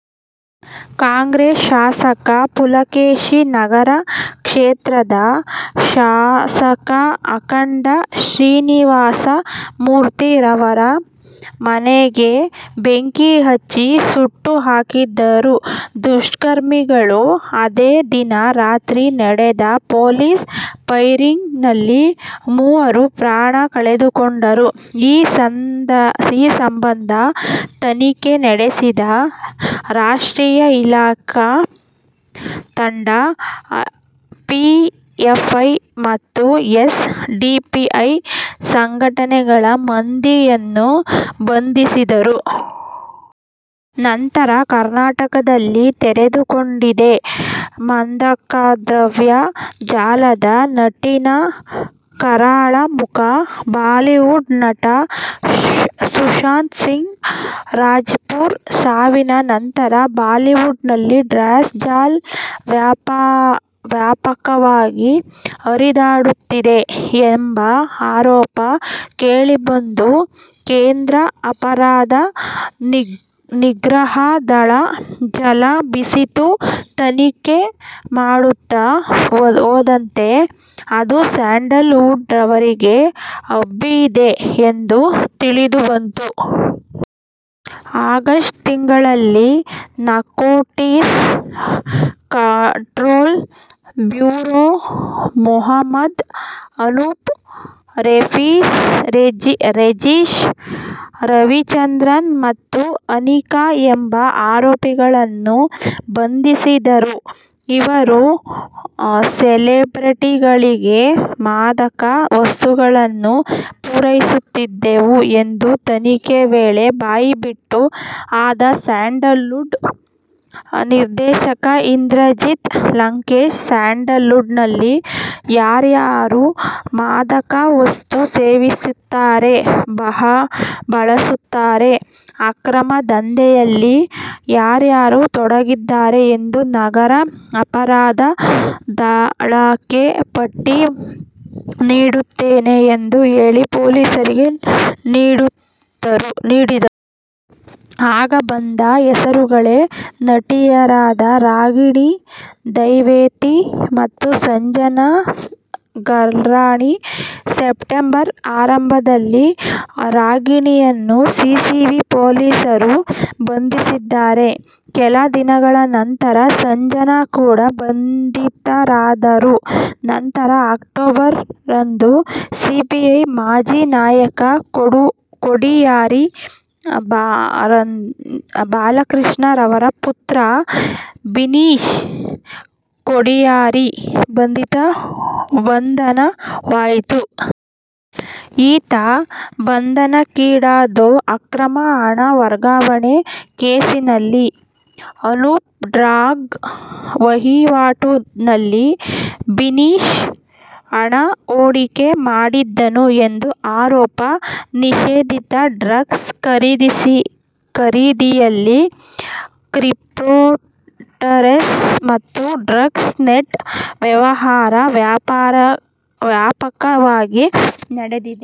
ಕಾಂಗ್ರೆಸ್ ಶಾಸಕ ಪುಲಕೇಶಿ ನಗರ ಕ್ಷೇತ್ರದ ಶಾಸಕ ಅಖಂಡ ಶ್ರೀನಿವಾಸ ಮೂರ್ತಿ ಅವರ ಮನೆಗೆ ಬೆಂಕಿ ಹಚ್ಚಿ ಸುಟ್ಟು ಹಾಕಿದರು ದುಷ್ಕರ್ಮಿಗಳು. ಅದೇ ದಿನ ರಾತ್ರಿ ನಡೆದ ಪೊಲೀಸ್ ಫೈರಿಂಗ್ ನಲ್ಲಿ ಮೂವರು ಪ್ರಾಣ ಕಳೆದುಕೊಂಡರು. ಈ ಸಂಬಂಧ ತನಿಖೆ ನಡೆಸಿದ ರಾಷ್ಟ್ರೀಯ ತನಿಖಾ ತಂಡ ಪಿಎಫ್ಐ ಮತ್ತು ಎಸ್ ಡಿಪಿಐ ಸಂಘಟನೆಗಳ ಮಂದಿಯನ್ನು ಬಂಧಿಸಿದರು. ನಂತರ ಕರ್ನಾಟಕದಲ್ಲಿ ತೆರೆದುಕೊಂಡಿದ ಮಾದಕದ್ರವ್ಯ ಜಾಲದ ನಂಟಿನ ಕರಾಳ ಮುಖ. ಬಾಲಿವುಡ್ ನಟ ಸುಶಾಂತ್ ಸಿಂಗ್ ರಜಪೂತ್ ಸಾವಿನ ನಂತರ ಬಾಲಿವುಡ್ ನಲ್ಲಿ ಡ್ರಗ್ಸ್ ಜಾಲ ವ್ಯಾಪಕವಾಗಿ ಹರಿದಾಡುತ್ತಿದೆ ಎಂಬ ಆರೋಪ ಕೇಳಿಬಂದು ಕೇಂದ್ರ ಅಪರಾಧ ನಿಗ್ರಹ ದಳ ಜಾಲ ಬೀಸಿತು, ತನಿಖೆ ಮಾಡುತ್ತಾ ಹೋದಂತೆ ಅದು ಸ್ಯಾಂಡಲ್ ವುಡ್ ವರೆಗೆ ಹಬ್ಬಿದೆ ಎಂದು ತಿಳಿದುಬಂತು. ಆಗಸ್ಟ್ ತಿಂಗಳಲ್ಲಿ narcotics control bureau Mohammed Anoop, Rejish Ravichandran ಮತ್ತು ಅನಿಖಾ ಎಂಬ ಆರೋಪಿಗಳನ್ನು ಬಂಧಿಸಿದರು. ಇವರು ಸೆಲೆಬ್ರಿಟಿಗಳಿಗೆ ಮಾದಕ ವಸ್ತುಗಳನ್ನು ಪೂರೈಸುತ್ತಿದ್ದೆವು ಎಂದು ತನಿಖೆ ವೇಳೆ ಬಾಯಿಬಿಟ್ಟರು. ಆಗ ಸ್ಯಾಂಡಲ್ ವುಡ್ ನಿರ್ದೇಶಕ ಇಂದ್ರಜಿತ್ ಲಂಕೇಶ್, ಸ್ಯಾಂಡಲ್ ವುಡ್ ನಲ್ಲಿ ಯಾರ್ಯಾರು ಮಾದಕ ವಸ್ತು ಸೇವಿಸುತ್ತಾರೆ, ಬಳಸುತ್ತಾರೆ, ಅಕ್ರಮ ದಂಧೆಯಲ್ಲಿ ಯಾರ್ಯಾರು ತೊಡಗಿದ್ದಾರೆ ಎಂದು ನಗರ ಅಪರಾಧ ದಳಕ್ಕೆ ಪಟ್ಟಿ ನೀಡುತ್ತೇನೆ ಎಂದು ಹೇಳಿ ಪೊಲೀಸರಿಗೆ ನೀಡಿದರು. ಆಗ ಬಂದ ಹೆಸರುಗಳೇ ನಟಿಯರಾದ ರಾಗಿಣಿ ಧೈವೇದಿ ಮತ್ತು ಸಂಜನಾ ಗಲ್ರಾಣಿ. ಸೆಪ್ಟೆಂಬರ್ ಆರಂಭದಲ್ಲಿ ರಾಗಿಣಿಯನ್ನು ಸಿಸಿಬಿ ಪೊಲೀಸರು ಬಂಧಿಸಿದರೆ, ಕೆಲ ದಿನಗಳ ನಂತರ ಸಂಜನಾ ಕೂಡ ಬಂಧಿತರಾದರು. ನಂತರ ಅಕ್ಟೋಬರ್ ರಂದು, ಸಿಪಿಐ ಮಾಜಿ ನಾಯಕ ಕೊಡಿಯಾರಿ ಬಾಲಕೃಷ್ಣ ಅವರ ಪುತ್ರ ಬಿನೀಶ್ ಕೊಡಿಯಾರಿ ಬಂಧನವಾಯಿತು. ಈತ ಬಂಧನಕ್ಕೀಡಾಗಿದ್ದು ಅಕ್ರಮ ಹಣ ವರ್ಗಾವಣೆ ಕೇಸಿನಲ್ಲಿ. ಅನೂಪ್ ಡ್ರಗ್ ವಹಿವಾಟಿನಲ್ಲಿ ಬಿನೀಶ್ ಹಣ ಹೂಡಿಕೆ ಮಾಡಿದ್ದನು ಎಂದು ಆರೋಪ. ನಿಷೇಧಿತ ಡ್ರಗ್ಸ್ ಖರೀದಿಯಲ್ಲಿ ಕ್ರಿಪ್ಟೊಕರೆನ್ಸಿ ಮತ್ತು ಡಾರ್ಕ್ ನೆಟ್ ವ್ಯವಹಾರ ವ್ಯಾಪಕವಾಗಿ ನಡೆದಿದೆ